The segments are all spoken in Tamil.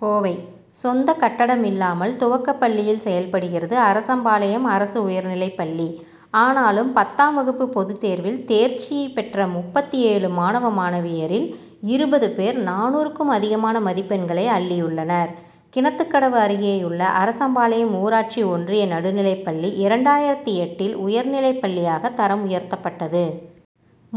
கோவை சொந்த கட்டடம் இல்லாமல் துவக்கப்பள்ளியில் செயல்படுகிறது, அரசம்பாளையம் அரசு உயர் நிலைப்பள்ளி. ஆனாலும், பத்தாம் வகுப்பு பொதுத்தேர்வில் தேர்ச்சி பெற்ற முப்பத்து ஏழு மாணவ, மாணவியரில் இருபது பேர் நானூறுக்கும் அதிகமான மதிப்பெண்களை அள்ளியுள்ளனர். கிணத்துக்கடவு அருகேயுள்ளஅரசம்பாளையம் ஊராட்சி ஒன்றிய நடுநிலைப்பள்ளி, இரண்டாயிரத்து எட்டில் உயர் நிலைப்பள்ளியாக தரம் உயர்த்தப்பட்டது.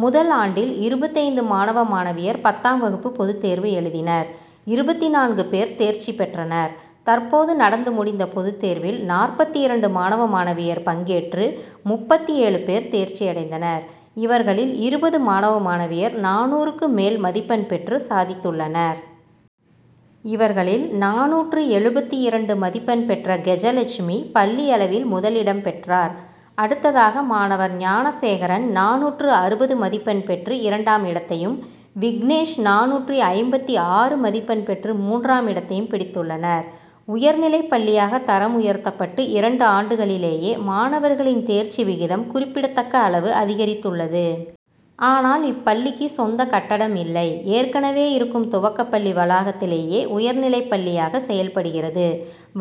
முதல் ஆண்டில் இருபத்தைந்து மாணவ, மாணவியர் பத்தாம் வகுப்பு பொதுத்தேர்வு எழுதினர் இருபத்து நான்கு பேர் தேர்ச்சி பெற்றனர். தற்போது நடந்து முடிந்த பொதுத்தேர்வில் நாற்பத்து இரண்டு மாணவ, மாணவியர் பங்கேற்று முப்பத்து ஏழு பேர் தேர்ச்சி அடைந்தனர். இவர்களில் இருபது மாணவ, மாணவியர் நானூறுக்கு மேல் மதிப்பெண் பெற்று சாதித்துள்ளனர். இவர்களில் நானூற்று எழுபத்து இரண்டு மதிப்பெண் பெற்ற கெஜலட்சுமி பள்ளி அளவில் முதல் இடம் பெற்றார். அடுத்ததாக, மாணவர் ஞானசேகரன் நானூற்று அறுபது மதிப்பெண் பெற்று இரண்டாம் இடத்தையும், விக்னேஷ் நானூற்று ஐம்பத்து ஆறு மதிப்பெண் பெற்று மூன்றாம் இடத்தையும் பிடித்துள்ளனர். உயர்நிலைப்பள்ளியாக தரம் உயர்த்தப்பட்டு இரண்டு ஆண்டுகளிலேயே மாணவர்களின் தேர்ச்சி விகிதம் குறிப்பிடத்தக்க அளவு அதிகரித்துள்ளது. ஆனால், இப்பள்ளிக்கு சொந்த கட்டடம் இல்லை. ஏற்கனவே இருக்கும் துவக்கப்பள்ளி வளாகத்திலேயே உயர்நிலைப்பள்ளியாக செயல்படுகிறது.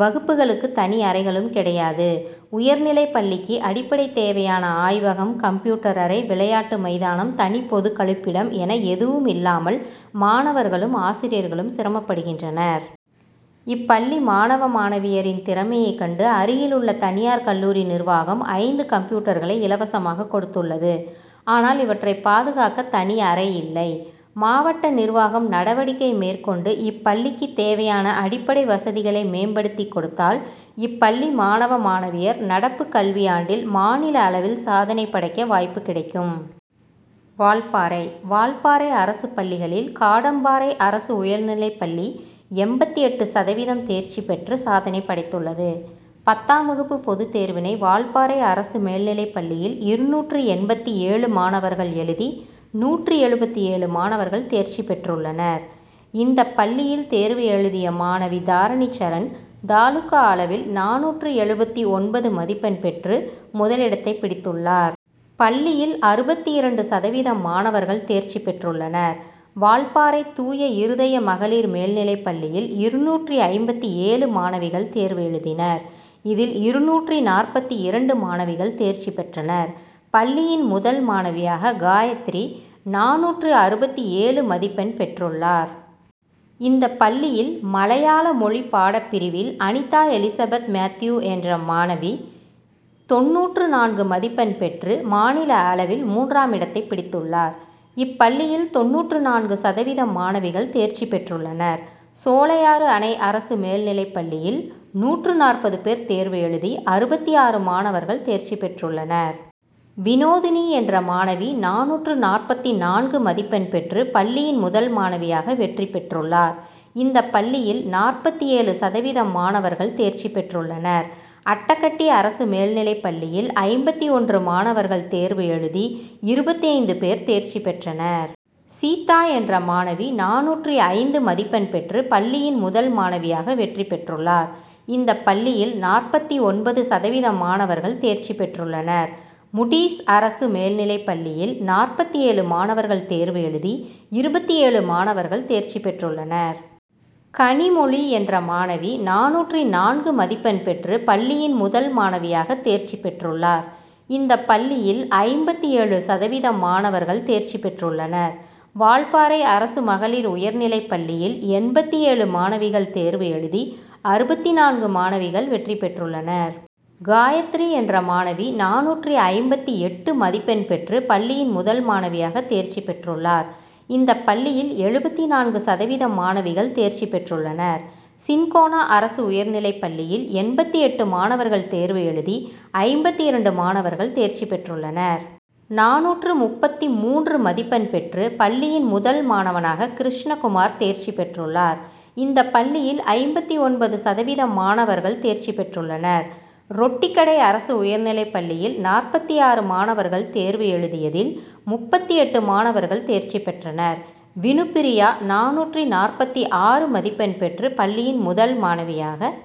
வகுப்புகளுக்கு தனி அறைகளும் கிடையாது. உயர்நிலைப்பள்ளிக்கு அடிப் படை தேவையான ஆய்வகம், கம்ப் யூட்டர் அறை, விளையாட்டு மைதானம், தனி பொதுக்கழிப்பிடம் என எதுவும் இல்லாமல் மாணவர்களும், ஆசிரியர்களும் சிரமப்படுகின்றனர். இப்பள்ளி மாணவ, மாணவியரின் திறமையைக் கண்டு, அருகில் உள்ள தனியார் கல்லூரி நிர்வாகம் ஐந்து கம்ப்யூட்டர்களை இலவசமாக கொடுத்துள்ளது. ஆனால், இவற்றை பாதுகாக்க தனி அறை இல்லை. மாவட்ட நிர்வாகம் நடவடிக்கை மேற்கொண்டு இப்பள்ளிக்கு தேவையான அடிப்படை வசதிகளை மேம்படுத்தி கொடுத்தால், இப்பள்ளி மாணவ, மாணவியர் நடப்பு கல்வியாண்டில் மாநில அளவில் சாதனை படைக்க வாய்ப்பு கிடைக்கும். வால்பாறை வால்பாறை அரசு பள்ளிகளில், காடம்பாறை அரசு உயர்நிலைப்பள்ளி எண்பத்து எட்டு சதவீதம் தேர்ச்சி பெற்று சாதனை படைத்துள்ளது. பத்தாம் வகுப்பு பொது தேர்வினை வால்பாறை அரசு மேல்நிலைப்பள்ளியில் இருநூற்று எண்பத்து ஏழு மாணவர்கள் எழுதி, நூற்று எழுபத்து ஏழு மாணவர்கள் தேர்ச்சி பெற்றுள்ளனர். இந்த பள்ளியில் தேர்வு எழுதிய மாணவி தாரணிசரண் தாலுகா அளவில் நானூற்று எழுபத்து ஒன்பது மதிப்பெண் பெற்று முதலிடத்தை பிடித்துள்ளார். பள்ளியில் அறுபத்து இரண்டு சதவீதம் மாணவர்கள் தேர்ச்சி பெற்றுள்ளனர். வால்பாறை தூய இருதய மகளிர் மேல்நிலைப்பள்ளியில் இருநூற்று ஐம்பத்து ஏழு மாணவிகள் தேர்வு எழுதினர். இதில் இருநூற்று நாற்பத்து இரண்டு மாணவிகள் தேர்ச்சி பெற்றனர். பள்ளியின் முதல் மாணவியாக காயத்ரி நானூற்று அறுபத்து ஏழு மதிப்பெண் பெற்றுள்ளார். இந்த பள்ளியில் மலையாள மொழிப்பாடப்பிரிவில் அனிதாஎலிசபெத்மேத்யூ என்ற மாணவ, தொண்ணூற்று நான்கு மதிப்பெண் பெற்று மாநில அளவில் மூன்றாமிடத்தை பிடித்துள்ளார். இப்பள்ளியில் தொண்ணூற்று நான்கு சதவீதம் மாணவிகள் தேர்ச்சி பெற்றுள்ளனர். சோலையாறு அணை அரசு மேல்நிலைப்பள்ளியில் நூற்று நாற்பது பேர் தேர்வு எழுதி அறுபத்து ஆறு மாணவர்கள் தேர்ச்சி பெற்றுள்ளனர். விநோதினி என்ற மாணவி நானூற்று நாற்பத்து நான்கு மதிப்பெண் பெற்று பள்ளியின் முதல் மாணவியாக வெற்றி பெற்றுள்ளார். இந்த பள்ளியில் நாற்பத்து ஏழு சதவீதம் மாணவர்கள் தேர்ச்சி பெற்றுள்ளனர். அட்டகட்டி அரசு மேல்நிலைப்பள்ளியில் ஐம்பத்து ஒன்று மாணவர்கள் தேர்வு எழுதி, இருபத்தைந்து பேர் தேர்ச்சி பெற்றனர். சீதா என்ற மாணவி நானூற்று ஐந்து மதிப்பெண் பெற்று பள்ளியின் முதல் மாணவியாக வெற்றி பெற்றுள்ளார். இந்த பள்ளியில் நாற்பத்து ஒன்பது சதவீதம் மாணவர்கள் தேர்ச்சி பெற்றுள்ளனர். முடீஸ் அரசு மேல்நிலைப்பள்ளியில் நாற்பத்து ஏழு மாணவர்கள் தேர்வு எழுதி, இருபத்து ஏழு மாணவர்கள் தேர்ச்சி பெற்றுள்ளனர். கனிமொழி என்ற மாணவி நானூற்று நான்கு மதிப்பெண் பெற்று பள்ளியின் முதல் மாணவியாக தேர்ச்சி பெற்றுள்ளார். இந்த பள்ளியில் ஐம்பத்து ஏழு சதவீதம் மாணவர்கள் தேர்ச்சி பெற்றுள்ளனர். வால்பாறை அரசு மகளிர் உயர்நிலைப்பள்ளியில் எண்பத்து ஏழு மாணவிகள் தேர்வு எழுதி, அறுபத்து நான்கு மாணவிகள் வெற்றி பெற்றுள்ளனர். காயத்ரி என்ற மாணவி நானூற்று ஐம்பத்து எட்டு மதிப்பெண் பெற்று பள்ளியின் முதல் மாணவியாக தேர்ச்சி பெற்றுள்ளார். இந்த பள்ளியில் எழுபத்து நான்கு சதவீதம் மாணவிகள் தேர்ச்சி பெற்றுள்ளனர். சின்கோனா அரசு உயர்நிலைப்பள்ளியில் எண்பத்து எட்டு மாணவர்கள் தேர்வு எழுதி ஐம்பத்து இரண்டு மாணவர்கள் தேர்ச்சி பெற்றுள்ளனர். நானூற்று முப்பத்து மூன்று மதிப்பெண் பெற்று பள்ளியின் முதல் மாணவனாக கிருஷ்ணகுமார் தேர்ச்சி பெற்றுள்ளார். இந்த பள்ளியில் ஐம்பத்து ஒன்பது சதவீதம் மாணவர்கள் தேர்ச்சி பெற்றுள்ளனர். ரொட்டிக்கடை அரசு உயர்நிலைப்பள்ளியில் நாற்பத்து ஆறு மாணவர்கள் தேர்வு எழுதியதில் முப்பத்து எட்டு மாணவர்கள் தேர்ச்சி பெற்றனர். வினுப்பிரியா நானூற்று நாற்பத்து ஆறு மதிப்பெண் பெற்று பள்ளியின் முதல் மாணவியாக